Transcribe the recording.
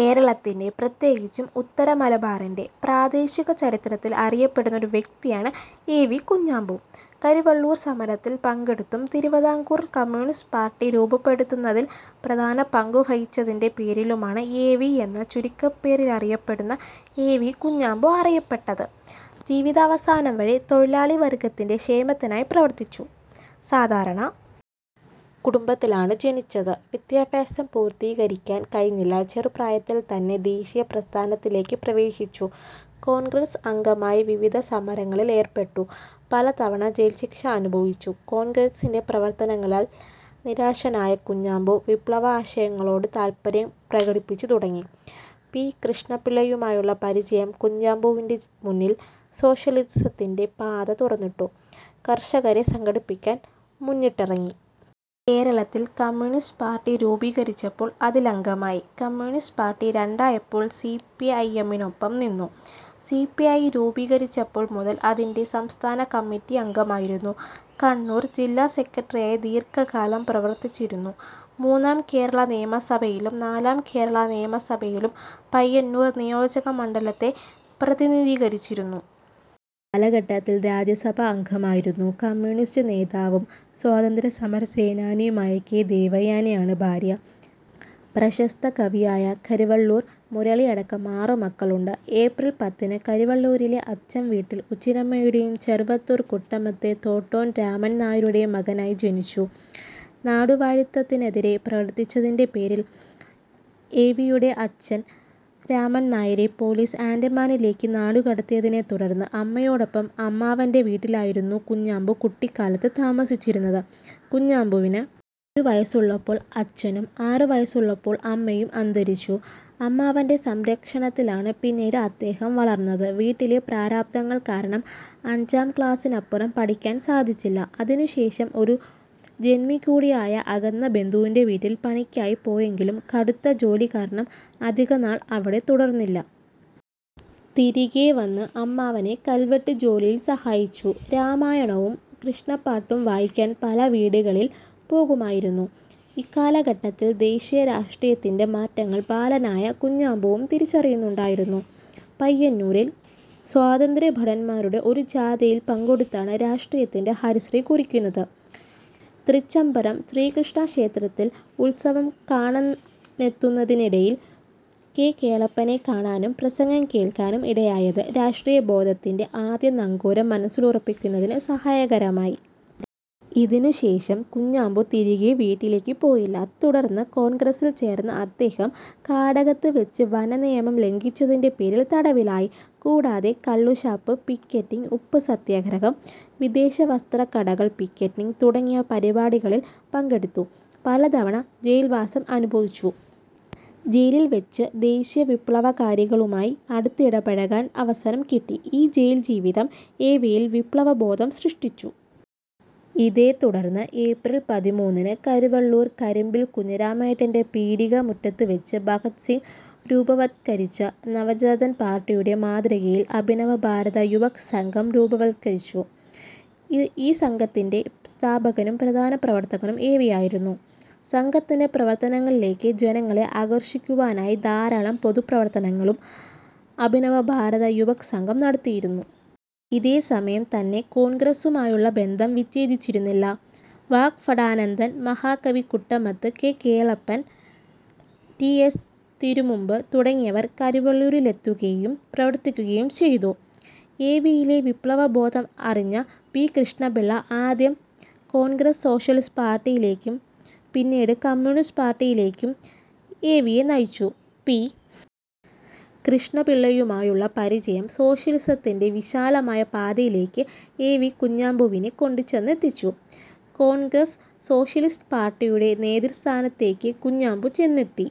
കേരളത്തിൻ്റെ, പ്രത്യേകിച്ചും ഉത്തരമലബാറിൻ്റെ, പ്രാദേശിക ചരിത്രത്തിൽ അറിയപ്പെടുന്ന ഒരു വ്യക്തിയാണ് എ വി കുഞ്ഞാമ്പു. കരിവെള്ളൂർ സമരത്തിൽ പങ്കെടുത്തും തിരുവിതാംകൂറിൽ കമ്മ്യൂണിസ്റ്റ് പാർട്ടി രൂപപ്പെടുത്തുന്നതിൽ പ്രധാന പങ്കുവഹിച്ചതിൻ്റെ പേരിലുമാണ് എ വി എന്ന ചുരുക്കപ്പേരിലറിയപ്പെടുന്ന എ വി കുഞ്ഞാമ്പു അറിയപ്പെട്ടത്. ജീവിതാവസാനം വരെ തൊഴിലാളിവർഗത്തിൻ്റെ ക്ഷേമത്തിനായി പ്രവർത്തിച്ചു. സാധാരണ കുടുംബത്തിലാണ് ജനിച്ചത്. വിദ്യാഭ്യാസം പൂർത്തീകരിക്കാൻ കഴിഞ്ഞില്ല. ചെറുപ്രായത്തിൽ തന്നെ ദേശീയപ്രസ്ഥാനത്തിലേക്ക് പ്രവേശിച്ചു. കോൺഗ്രസ് അംഗമായി വിവിധ സമരങ്ങളിൽ ഏർപ്പെട്ടു. പലതവണ ജയിൽശിക്ഷ അനുഭവിച്ചു. കോൺഗ്രസിൻ്റെ പ്രവർത്തനങ്ങളാൽ നിരാശനായ കുഞ്ഞമ്പു വിപ്ലവാശയങ്ങളോട് താൽപര്യം പ്രകടിപ്പിച്ചുതുടങ്ങി.പി കൃഷ്ണപിള്ളയുമായുള്ള പരിചയം കുഞ്ഞാമ്പുവിൻ്റെ മുന്നിൽ സോഷ്യലിസത്തിൻ്റെ പാത തുറന്നിട്ടു. കർഷകരെ സംഘടിപ്പിക്കാൻ മുന്നിട്ടിറങ്ങി. കേരളത്തിൽ കമ്മ്യൂണിസ്റ്റ് പാർട്ടി രൂപീകരിച്ചപ്പോൾ അതിലംഗമായി. കമ്മ്യൂണിസ്റ്റ് പാർട്ടി രണ്ടായപ്പോൾ സി പി ഐ എമ്മിനൊപ്പം നിന്നു. സി പി ഐ രൂപീകരിച്ചപ്പോൾ മുതൽ അതിൻ്റെ സംസ്ഥാന കമ്മിറ്റിയംഗമായിരുന്നു. കണ്ണൂർ ജില്ലാ സെക്രട്ടറിയായി ദീർഘകാലം പ്രവർത്തിച്ചിരുന്നു. മൂന്നാം കേരള നിയമസഭയിലും നാലാം കേരള നിയമസഭയിലും പയ്യന്നൂർ നിയോജകമണ്ഡലത്തെ പ്രതിനിധീകരിച്ചിരുന്നു. കാലഘട്ടത്തിൽ രാജ്യസഭാംഗമായിരുന്നു. കമ്യൂണിസ്റ്റ് നേതാവും സ്വാതന്ത്ര്യസമര സേനാനിയുമായ കെ ദേവയാനിയാണ് ഭാര്യ. പ്രശസ്ത കവിയായ കരിവെള്ളൂർ മുരളിയടക്കം ആറ് മക്കളുണ്ട്. ഏപ്രിൽ പത്തിന് കരിവെള്ളൂരിലെ അച്ചംവീട്ടിൽ ഉച്ചിരമ്മയുടെയും ചെറുവത്തൂർ കുട്ടമത്തെ തോട്ടോൻ രാമൻ നായരുടെയും മകനായി ജനിച്ചു. നാടുവാഴിത്തത്തിനെതിരെ പ്രവർത്തിച്ചതിൻ്റെ പേരിൽ എ വിയുടെ അച്ഛൻ രാമൻ നായരെ പോലീസ് ആൻഡമാനിലേക്ക് നാടുകടത്തിയതിനെത്തുടർന്ന് അമ്മയോടൊപ്പം അമ്മാവൻ്റെ വീട്ടിലായിരുന്നു കുഞ്ഞാമ്പു കുട്ടിക്കാലത്ത് താമസിച്ചിരുന്നത്. കുഞ്ഞാമ്പുവിന് ഒരു വയസ്സുള്ളപ്പോൾ അച്ഛനും ആറ് വയസ്സുള്ളപ്പോൾ അമ്മയും അന്തരിച്ചു. അമ്മാവൻ്റെ സംരക്ഷണത്തിലാണ് പിന്നീട് അദ്ദേഹം വളർന്നത്. വീട്ടിലെ പ്രാരാബ്ധങ്ങൾ കാരണം അഞ്ചാം ക്ലാസിനപ്പുറം പഠിക്കാൻ സാധിച്ചില്ല. അതിനുശേഷം ഒരു ജന്മികൂടിയായ അകന്ന ബന്ധുവിൻ്റെ വീട്ടിൽ പണിക്കായി പോയെങ്കിലും കടുത്ത ജോലി കാരണം അധികനാൾ അവിടെ തുടർന്നില്ല. തിരികെ വന്ന് അമ്മാവനെ കൽവെട്ട് ജോലിയിൽ സഹായിച്ചു. രാമായണവും കൃഷ്ണപ്പാട്ടും വായിക്കാൻ പല വീട്കളിൽ പോകുമായിരുന്നു. ഇക്കാലഘട്ടത്തിൽ ദേശീയരാഷ്ട്രീയത്തിൻ്റെ മാറ്റങ്ങൾ ബാലനായ കുഞ്ഞാമ്പുവും തിരിച്ചറിയുന്നുണ്ടായിരുന്നു. പയ്യന്നൂരിൽ സ്വാതന്ത്ര്യഭടന്മാരുടെ ഒരു ജാഥയിൽ പങ്കെടുത്താണ് രാഷ്ട്രീയത്തിൻ്റെ ഹരിശ്രീ കുറിക്കുന്നത്. തൃച്ചംബരം ശ്രീകൃഷ്ണാ ക്ഷേത്രത്തിൽ ഉത്സവം കാണാനെത്തുന്നതിനിടയിൽ കെ കേളപ്പനെ കാണാനും പ്രസംഗം കേൾക്കാനും ഇടയായത് രാഷ്ട്രീയബോധത്തിൻ്റെ ആദ്യ നങ്കൂരം മനസ്സിലുറപ്പിക്കുന്നതിന് സഹായകരമായി. ഇതിനു ശേഷം കുഞ്ഞാമ്പു തിരികെ വീട്ടിലേക്ക് പോയില്ല. തുടർന്ന് കോൺഗ്രസിൽ ചേർന്ന അദ്ദേഹം കാടകത്ത് വെച്ച് വനനിയമം ലംഘിച്ചതിൻ്റെ പേരിൽ തടവിലായി. കൂടാതെ കള്ളുഷാപ്പ് പിക്കറ്റിംഗ്, ഉപ്പുസത്യാഗ്രഹം, വിദേശവസ്ത്രക്കടകൾ പിക്കറ്റിംഗ് തുടങ്ങിയ പരിപാടികളിൽ പങ്കെടുത്തു. പലതവണ ജയിൽവാസം അനുഭവിച്ചു. ജയിലിൽവെച്ച് ദേശീയവിപ്ലവകാരികളുമായി അടുത്തിടപഴകാൻ അവസരം കിട്ടി. ഈ ജയിൽജീവിതം എ വിയിൽ വിപ്ലവബോധം സൃഷ്ടിച്ചു. ഇതേത്തുടർന്ന് ഏപ്രിൽ പതിമൂന്നിന് കരിവെള്ളൂർ കരിമ്പിൽ കുഞ്ഞിരാമേട്ടൻ്റെ പീടികമുറ്റത്ത് വെച്ച് ഭഗത് സിംഗ് രൂപവത്കരിച്ച നവജവാൻ പാർട്ടിയുടെ മാതൃകയിൽ അഭിനവ ഭാരത യുവക് സംഘം രൂപവത്കരിച്ചു.ഇ ഈ സംഘത്തിൻ്റെ സ്ഥാപകനും പ്രധാന പ്രവർത്തകനും എ വിയായിരുന്നു. സംഘത്തിൻ്റെ പ്രവർത്തനങ്ങളിലേക്ക് ജനങ്ങളെ ആകർഷിക്കുവാനായി ധാരാളം പൊതുപ്രവർത്തനങ്ങളും അഭിനവ ഭാരത യുവക് സംഘം നടത്തിയിരുന്നു. ഇതേ സമയം തന്നെ കോൺഗ്രസുമായുള്ള ബന്ധം വിച്ഛേദിച്ചിരുന്നില്ല. വാഗ്ഭടാനന്ദൻ, മഹാകവി Kuttamath, K Kelappan, T S Thirumumbu തുടങ്ങിയവർ കരിവെള്ളൂരിലെത്തുകയും പ്രവർത്തിക്കുകയും ചെയ്തു. എ വിയിലെ വിപ്ലവബോധം അറിഞ്ഞ പി കൃഷ്ണപിള്ള ആദ്യം കോൺഗ്രസ് സോഷ്യലിസ് പാർട്ടിയിലേക്കും പിന്നീട് കമ്മ്യൂണിസ്റ്റ് പാർട്ടിയിലേക്കും എ വിയെ നയിച്ചു.പി കൃഷ്ണപിള്ളയുമായുള്ള പരിചയം സോഷ്യലിസത്തിൻ്റെ വിശാലമായ പാതയിലേക്ക് എ വി കുഞ്ഞാമ്പുവിനെ കൊണ്ടുചെന്നെത്തിച്ചു. കോൺഗ്രസ് സോഷ്യലിസ്റ്റ് പാർട്ടിയുടെ നേതൃസ്ഥാനത്തേക്ക് കുഞ്ഞാമ്പു ചെന്നെത്തി.